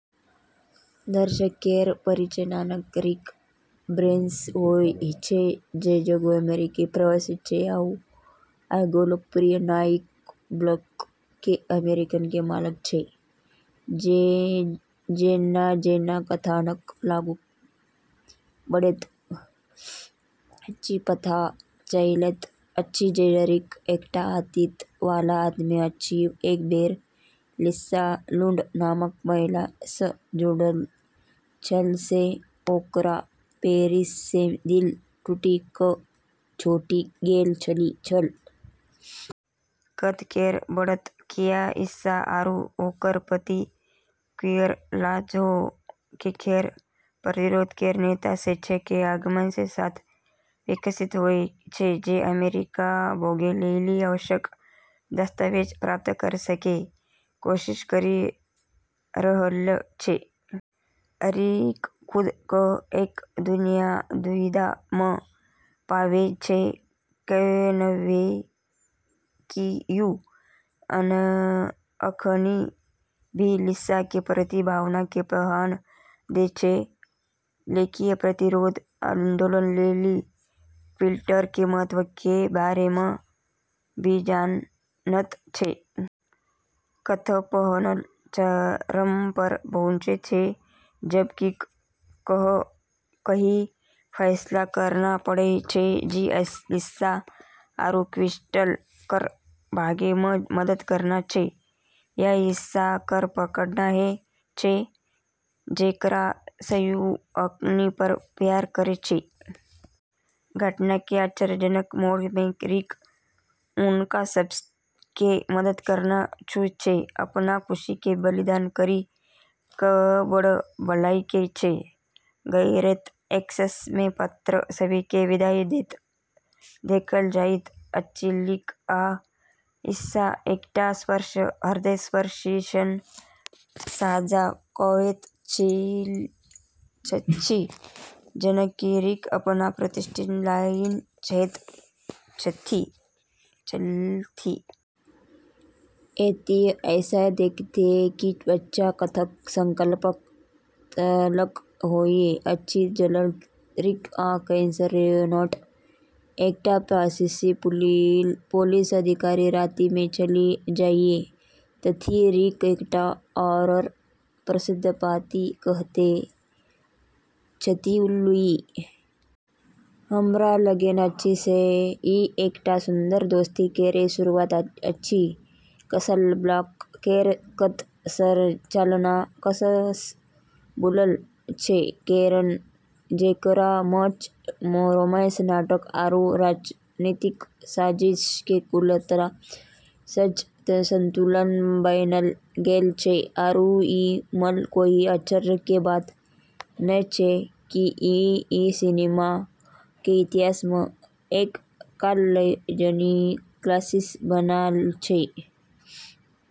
दर्शक केरऽ परिचय नायक रिक ब्लेन सऽ होय छै, जे एगो अमेरिकी प्रवासी छै आरू एगो लोकप्रिय night club, Rick cafe American के मालिक छै। जेना-जेना कथानक आगू बढ़ैत अछि, पता चलैत अछि जे रिक एकटा अतीत वाला आदमी अछि, एक बेर इल्सा लुंड नामक महिला सं जुड़ल छल, जे ओकरा पेरिस मे दिल टूटि कऽ छोड़ि गेल छल । कथ्य केरऽ बढ़तऽ क्रिया इल्सा आरू ओकरऽ पति विक्टर लाजलो, जे चेक प्रतिरोध केरऽ नेता छै, के आगमन के साथ विकसित होय छै, जे अमेरिका भागै लेली आवश्यक दस्तावेज प्राप्त करै के कोशिश करी रहलऽ छै। रिक खुद कऽ एक दुविधा मऽ पाबै छै, कैन्हेंकि वू अखनी भी इल्सा के प्रति भावना के पनाह दै छै, लेकिन प्रतिरोध आन्दोलन लेली विक्टर के महत्व के बारे मऽ भी जानत छै। कथ्य अपनऽ चरम पर पहुँचै छै जबऽ रिक कऽ ई फैसला करना पड़ै छै कि इल्सा आरू विक्टर कऽ भागै मऽ मदद करना छै, या इल्सा कऽ पकड़ना छै, जेकरा सऽ वू अखनी भी प्यार करै छै। घटना के आश्चर्यजनक मोड़ में रिक हुनका सब के मदद करना चुनै छै, अपनऽ खुशी के बलिदान करी कऽ बड़ऽ भलाई के लेलऽ। गिरैत एक्शन में पात्र सब के विदाई दैत देखल जाइत अछि, रिक आ इल्सा एकटा हृदयस्पर्शी क्षण साझा करैत छथि, जखन कि रिक अपन प्रतिष्ठित लाइन दैत छथि । एतय अहाँ के देखैत छी, बच्चा। कथ्यक संकल्प तखन होइत अछि जखन रिक आ कैप्टन रेनॉल्ट, एकटा फ्रांसीसी पुलिस अधिकारी, राति मे चलि जाइत छथि, रिक एकटा आओर प्रसिद्ध पाँति कहैत छथि ।लुई, हमरा लगैत अछि जे ई एकटा सुन्दर दोस्ती केर शुरुआत अछि। कासाब्लांका केरऽ कथ्य संरचना कस कऽ बुनलऽ छै, जेकरा मऽ रोमांस, नाटक आरू राजनीतिक साजिश के कुशलता सऽ संतुलन बनैलऽ गेलऽ छै, आरू ई मऽ कोय आश्चर्य के बात नै छै कि ई सिनेमा के इतिहास मऽ एक कालजयी क्लासिक बनलऽ छै।